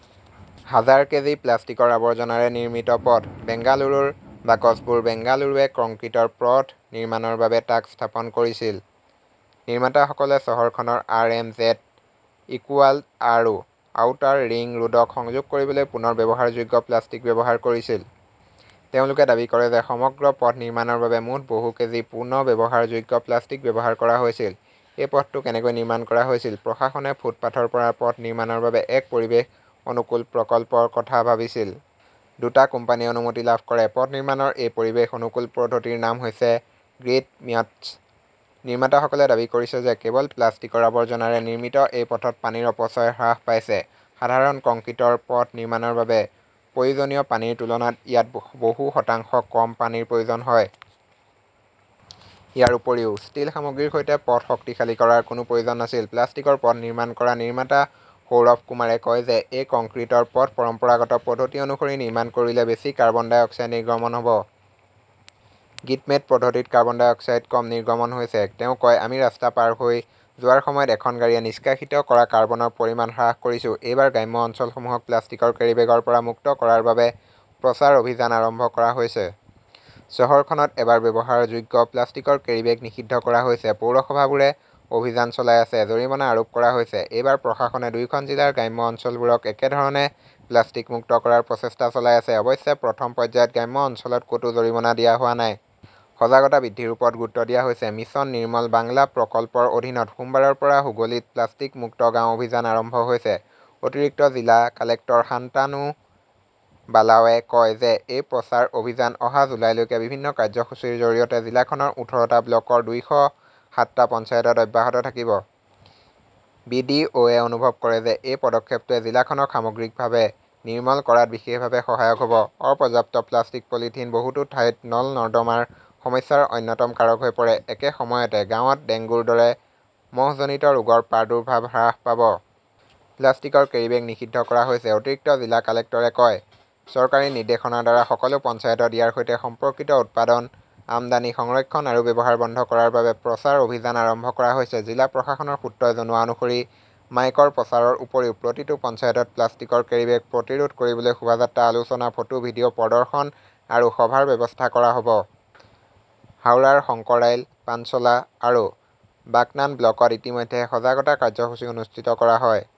হাজাৰ কেজি প্লাষ্টিকৰ আৱৰ্জনাৰে নিৰ্মিত পথ। বেংগালুৰুৰ বাকচবোৰ বেংগালুৰুৱে কংক্ৰিটৰ পথ নিৰ্মাণৰ বাবে তাক স্থাপন কৰিছিল। নিৰ্মাতাসকলে চহৰখনৰ আৰ. এম. জেড. ইকোৱাৰ্ল্ড আৰু আউটাৰ ৰিং ৰোডক সংযোগ কৰিবলৈ পুনৰ ব্যৱহাৰযোগ্য প্লাষ্টিক ব্যৱহাৰ কৰিছিল। তেওঁলোকে দাবী কৰে যে সমগ্ৰ পথ নিৰ্মাণৰ বাবে মুঠ বহু কেজি পুনৰ্ব্যৱহাৰযোগ্য প্লাষ্টিক ব্যৱহাৰ কৰা হৈছিল। এই পথটো কেনেকৈ নিৰ্মাণ কৰা হৈছিল? প্ৰশাসনে ফুটপাথৰ পৰা পথ নিৰ্মাণৰ বাবে এক পৰিৱেশ অনুকূল প্ৰকল্পৰ কথা ভাবিছিল। দুটা কোম্পানীয়ে অনুমতি লাভ কৰে। পথ নিৰ্মাণৰ এই পৰিৱেশ-অনুকূল পদ্ধতিৰ নাম হৈছে গ্ৰীডম্যাটছ । নিৰ্মাতাসকলে দাবী কৰিছে যে কেৱল প্লাষ্টিকৰ আৱৰ্জনাৰে নিৰ্মিত এই পথত পানীৰ অপচয় হ্ৰাস পাইছে। সাধাৰণ কংক্ৰিটৰ পথ নিৰ্মাণৰ বাবে প্ৰয়োজনীয় পানীৰ তুলনাত ইয়াত বহু শতাংশ কম পানীৰ প্ৰয়োজন হয়। ইয়াৰ উপৰিও, ষ্টীল সামগ্ৰীৰ সৈতে পথ শক্তিশালী কৰাৰ কোনো প্ৰয়োজন নাছিল। প্লাষ্টিকৰ পথ নিৰ্মাণ কৰা নিৰ্মাতা সৌৰভ কুমাৰে কয় যে এই কংক্ৰিটৰ পথ পৰম্পৰাগত পদ্ধতি অনুসৰি নিৰ্মাণ কৰিলে বেছি কাৰ্বন-ডাই অক্সাইড নিৰ্গমন হ'ব। গ্ৰীডমেট পদ্ধতিত কাৰ্বন-ডাই অক্সাইড কম নিৰ্গমন হৈছে। তেওঁ কয়, আমি ৰাস্তা পাৰ হৈ যোৱাৰ সময়ত এখন গাড়ীয়ে নিষ্কাশিত কৰা কাৰ্বনৰ পৰিমাণ হ্ৰাস কৰিছো। এইবাৰ গ্ৰাম্য অঞ্চলসমূহক প্লাষ্টিকৰ কেৰিবেগৰ পৰা মুক্ত কৰাৰ বাবে প্ৰচাৰ অভিযান আৰম্ভ কৰা হৈছে। চহৰখনত এবাৰ ব্যৱহাৰযোগ্য প্লাষ্টিকৰ কেৰিবেগ নিষিদ্ধ কৰা হৈছে। পৌৰসভাবোৰে অভিযান চলাই আছে। জৰিমনা আৰোপ কৰা হৈছে। এইবাৰ প্ৰশাসনে দুয়োখন জিলাৰ গ্ৰাম্য অঞ্চলবোৰক একেধৰণে প্লাষ্টিক মুক্ত কৰাৰ প্ৰচেষ্টা চলাই আছে। অৱশ্যে, প্ৰথম পৰ্যায়ত গ্ৰাম্য অঞ্চলত ক'তো জৰিমনা দিয়া হোৱা নাই। সজাগতা বৃদ্ধিৰ ওপৰত গুৰুত্ব দিয়া হৈছে। মিছন নিৰ্মল বাংলা প্ৰকল্পৰ অধীনত সোমবাৰৰ পৰা হুগলীত প্লাষ্টিক মুক্ত গাঁও অভিযান আৰম্ভ হৈছে। অতিৰিক্ত জিলা কালেক্টৰ শান্তানু বালাৱে কয় যে এই প্ৰচাৰ অভিযান অহা জুলাইলৈকে বিভিন্ন কাৰ্যসূচীৰ জৰিয়তে জিলাখনৰ ওঠৰটা ব্লকৰ দুইশ সাতটা পঞ্চায়তত অব্যাহত থাকিব। বি. ডি. অ. -য়ে অনুভৱ কৰে যে এই পদক্ষেপটোৱে জিলাখনক সামগ্ৰিকভাৱে নিৰ্মল কৰাত বিশেষভাৱে সহায়ক হ 'ব। অপৰ্যাপ্ত প্লাষ্টিক-পলিথিন বহুতো ঠাইত নলা-নৰ্দমাৰ সমস্যাৰ অন্যতম কাৰক হৈ পৰে। । একে সময়তে গাঁৱত ডেংগুৰ দৰে মহজনিত ৰোগৰ প্ৰাদুৰ্ভাৱ হ্ৰাস পাব। প্লাষ্টিকৰ কেৰীবেগ নিষিদ্ধ কৰা হৈছে, অতিৰিক্ত জিলা কালেক্টৰে কয়। চৰকাৰী নিৰ্দেশনাৰ দ্বাৰা সকলো পঞ্চায়তত ইয়াৰ সৈতে সম্পৰ্কিত উৎপাদন, আমদানি, সংৰক্ষণ আৰু ব্যৱহাৰ বন্ধ কৰাৰ বাবে প্ৰচাৰ অভিযান আৰম্ভ কৰা হৈছে। জিলা প্ৰশাসনৰ সূত্ৰই জনোৱা অনুসৰি, মাইকৰ প্ৰচাৰৰ উপৰিও প্ৰতিটো পঞ্চায়তত প্লাষ্টিকৰ কেৰীবেগ প্ৰতিৰোধ কৰিবলৈ শোভাযাত্ৰা, আলোচনা, ফটো-ভিডিঅ প্ৰদৰ্শন আৰু সভাৰ ব্যৱস্থা কৰা হ'ব। হাওড়াৰ শংকৰাইল, পাঞ্চলা আৰু বাগনান ব্লকত ইতিমধ্যে সজাগতা কাৰ্যসূচী অনুষ্ঠিত কৰা হয়।